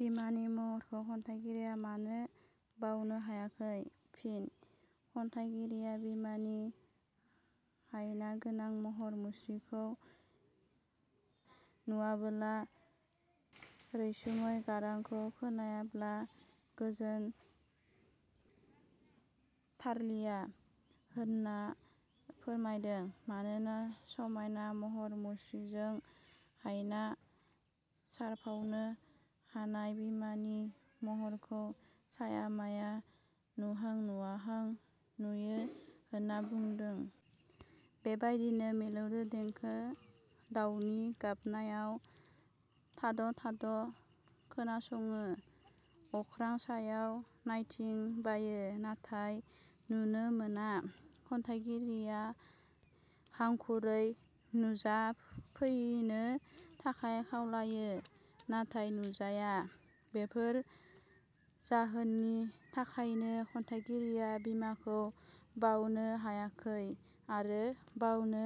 बिमानि महरखौ खन्थाइगिरिया मानो बावनो हायाखै? फिनः खन्थाइगिरिया बिमानि हायनागोनां महर मुस्रिखौ नुवाबोला, रेसुमै गारांखौ खोनायाब्ला गोजोन थारलिया होनना फोरमायदों। मानोना समायना महर मुस्रिजों हायना सारफावनो हानाय बिमानि महरखौ साया माया नुहां-नुवाहां नुयो होनना बुंदों। बेबादिनो मिलौदो देंखो, दावनि गाबनायाव थाद' थाद' खोनासङो, अख्रां सायाव नायथिं बायो नाथाय नुनो मोना। खन्थाइगिरिया हांखुरै नुजाफैनो थाखाय खावलायो नाथाय नुजाया। बेफोर जाहोननि थाखायनो खन्थाइगिरिया बिमाखौ बावनो हायाखै आरो बावनो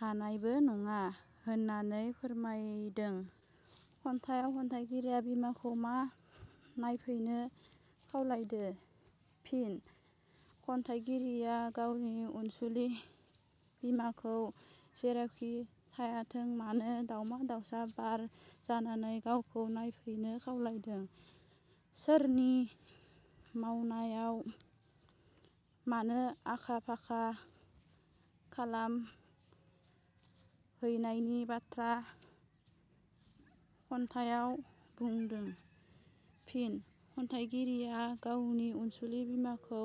हानायबो नङा होननानै फोरमायदों। खन्थाइयाव खन्थाइगिरिया बिमाखौ मा नायफैनो खावलायदों? फिनः खन्थाइगिरिया गावनि अनसुलि बिमाखौ जेरावखि थायाथों मानो दावमा दावसा बार जानानै गावखौ नायफैनो खावलायदों। सोरनि मावनायाव मानो आख फाख खालाम हैनायनि बाथ्रा खन्थायाव बुंदों? फिनः खन्थाइगिरिया गावनि अनसुलि बिमाखौ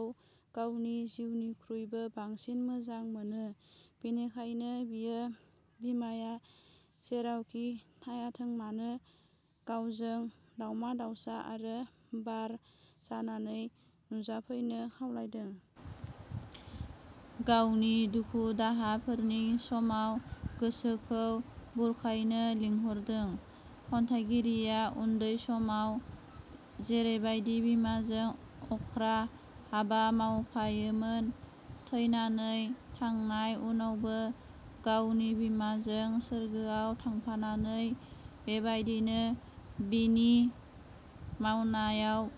गावनि जिउनिखुइबो बांसिन मोजां मोनो बेखायनो बियो बिमाया जेरावखि थायाथोंमानो गावजों दावमा दावसा आरो बार जानानै नुजाफैनो खावलायदों। गावनि दुख-दाहा फोरनि समाव गोसोखौ बुरखायनो लिंहरदों। खन्थाइगिरिया उन्दै समाव जैरेबादि बिमाजों अख्रा हाबा मावफायोमोन थैनानै थांनाय उनावबो गावनि बिमाजों सोरगोआव थांफानानै बेबादिनो बिनि मावनायाव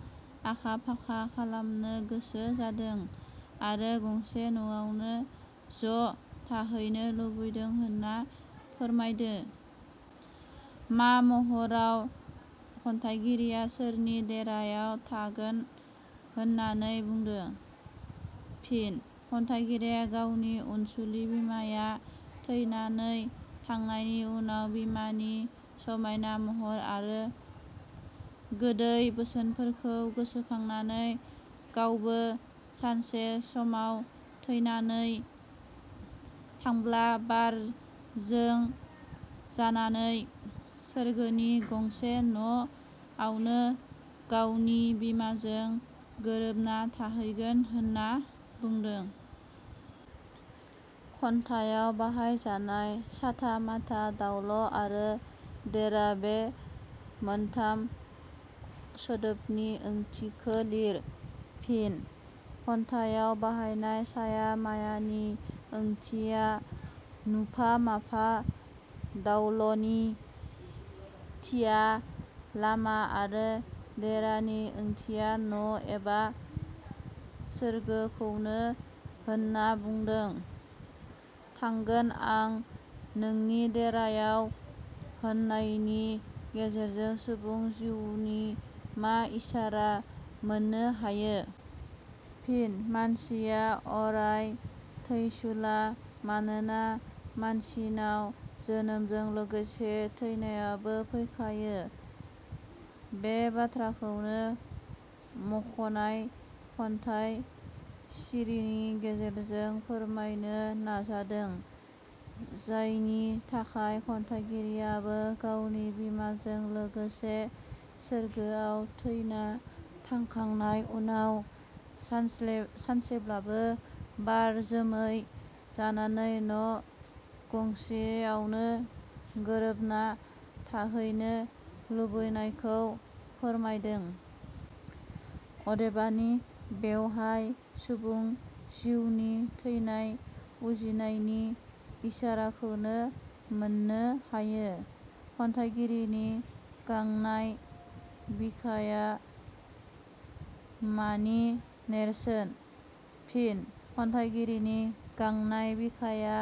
आख फाख खालामनो गोसो जादों आरो गंसे नवावनो ज' थाहैनो लुबैदों होनना फोरमायदों। मा महराव खन्थाइगिरिया सोरनि देरायाव थांगोन होननानै बुंदों? फिनः खन्थाइगिरिया गावनि अनसुलि बिमाया थैनानै थांनायनि उनाव बिमानि समायना महर आरो गोदै बोसोनफोरखौ गोसोखांनानै गावबो सानसे समाव थैनानै थांबला बार जो जानानै सोरगोनि गंसे न'आवनो गावनि बिमाजों गोरोबना थाहैगोन होनना बंदों। खन्थाइयाव बाहाय जानाय, 'साथा-माथा', 'दावल', आरो 'देरा' बे मोनथाम सोदोबनि ओंथिखो लिर। फिन: खन्थाइयाव बाहायनाय साया मायानि ओंथिया नुफा- माफा, दावलनि थिया-लामा आरो देरानि ओंथिया न' एबा सोरगोखौनो होनना बुंदों। 'थांगोन आं नोंनि देरायाव होननायनि गेजेरजों सुबुं जिवनि मा इसारा मोननो हायो? फिन: मानसिया अराय थैसुला मानोना मानसिनाव जोनोमजों लोगोसे थैनायाबो फैखायो। बे बाथ्राखौनो मखनाय खन्थाइ सिरिनि गेजेरजों फोरमायनो नाजादों जायनि थाखाय खन्थाइगिरियाबो गावनि बिमाजों लोगोसे सोरगोआव थैना थांखांनाय उनाव सानसेब्लाबो बार जोमै जानानै न' गंसेयावनो गोरोबनाथाहैनो लुबैनायखौ फोरमायदों। अदेबानि बेवहाय सुबुं जिउनि थैनाय उजिनायनि इसाराखौनो मोननो हायो। खन्थाइगिरिनि गांनाय बिखाया मानि नेरसोन? फिन: खन्थाइगिरिनि 'गांनाय बिखाया'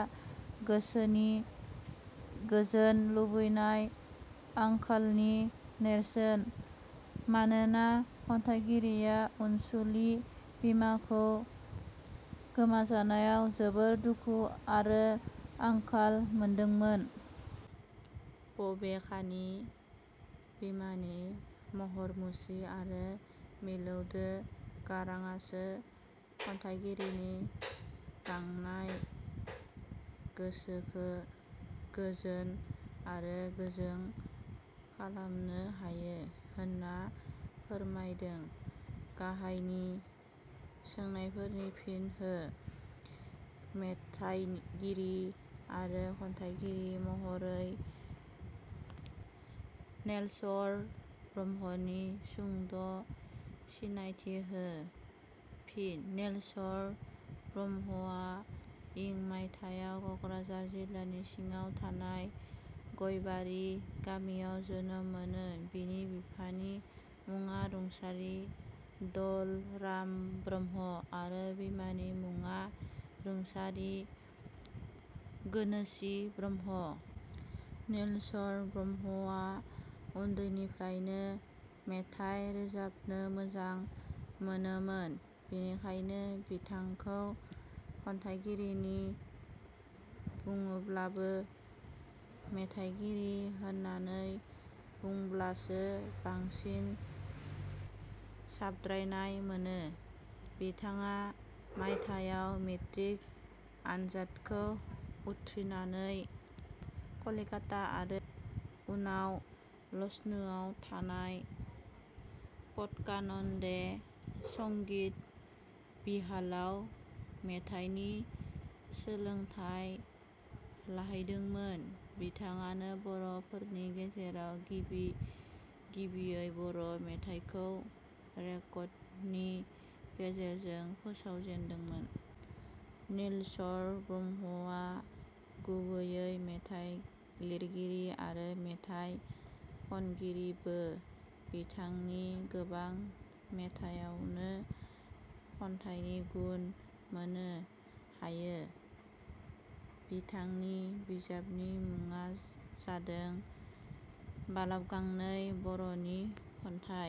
गोसोनि गोजोन लुबैनाय आंखालनि नेरसोन। मानोना खन्थाइगिरिया अनसुलि बिमाखौ गोमाजानायाव जोबोर दुखु आरो आंखाल मोनदोंमोन। बबेखानि बिमानि महर मुस्रि आरो मेलौदो गाराङासो खन्थाइगिरिनि गांनाय गोसोखो गोजोन आरो गोजों खालामनो हायो होनना फोरमायदों। गाहायनि सोंनायफोरनि फिन हो मेथाइगिरि आरो खन्थाइगिरि महरै नीलेश्वर ब्रह्मनि सुंद' सिनायथि हो। फिन: नीलेश्वर ब्रह्मवा इं मायथायाव कक्राझार जिलानि सिङाव थानाय गयबारि गामियाव जोनोम मोनो बिनि बिफानि मुङा रुंसारि दल 'राम ब्रह्म आरो बिमानि मुङा रुंसारि गोनोसि ब्रह्म। नीलेश्वर ब्रह्मवा उन्दैनिफ्रायनो मेथाइ रोजाबनो मोजां मोनोमोन बेनिखायनो बिथांखौ खन्थाइगिरि बुङाब्लाबो मेथाइगिरि होननानै बुङोब्लासो बांसिन साबद्रायनाय मोनो। बिथाङा मायथायाव मेट्रिक आनजादखौ उथ्रिनानै कलिकाता आरो उनाव लक्ष्नौवाव थानाय भाटखाण्डे संगीत बिद्यालयाव मेथाइनि सोलोंथाइ लाहैदोंमोन बिथाङानो बर फोरनि गेजेराव गिबि गिबियै बर' मेथाइखौ रेडिअनि गेजेरजों फोसावजेनदोंमोन। नीलेश्वर ब्रह्मवा गुबैयै मेथाइ लिरगिरि आरो मेथाइ खनगिरिबो बिथांनि गोबां मेथायावनो खन्थाइनि गुन मोननो हायो। बिथांनि बिजाबनि मुङा जादों 'बालाबगानै बर 'नि खन्थाइ।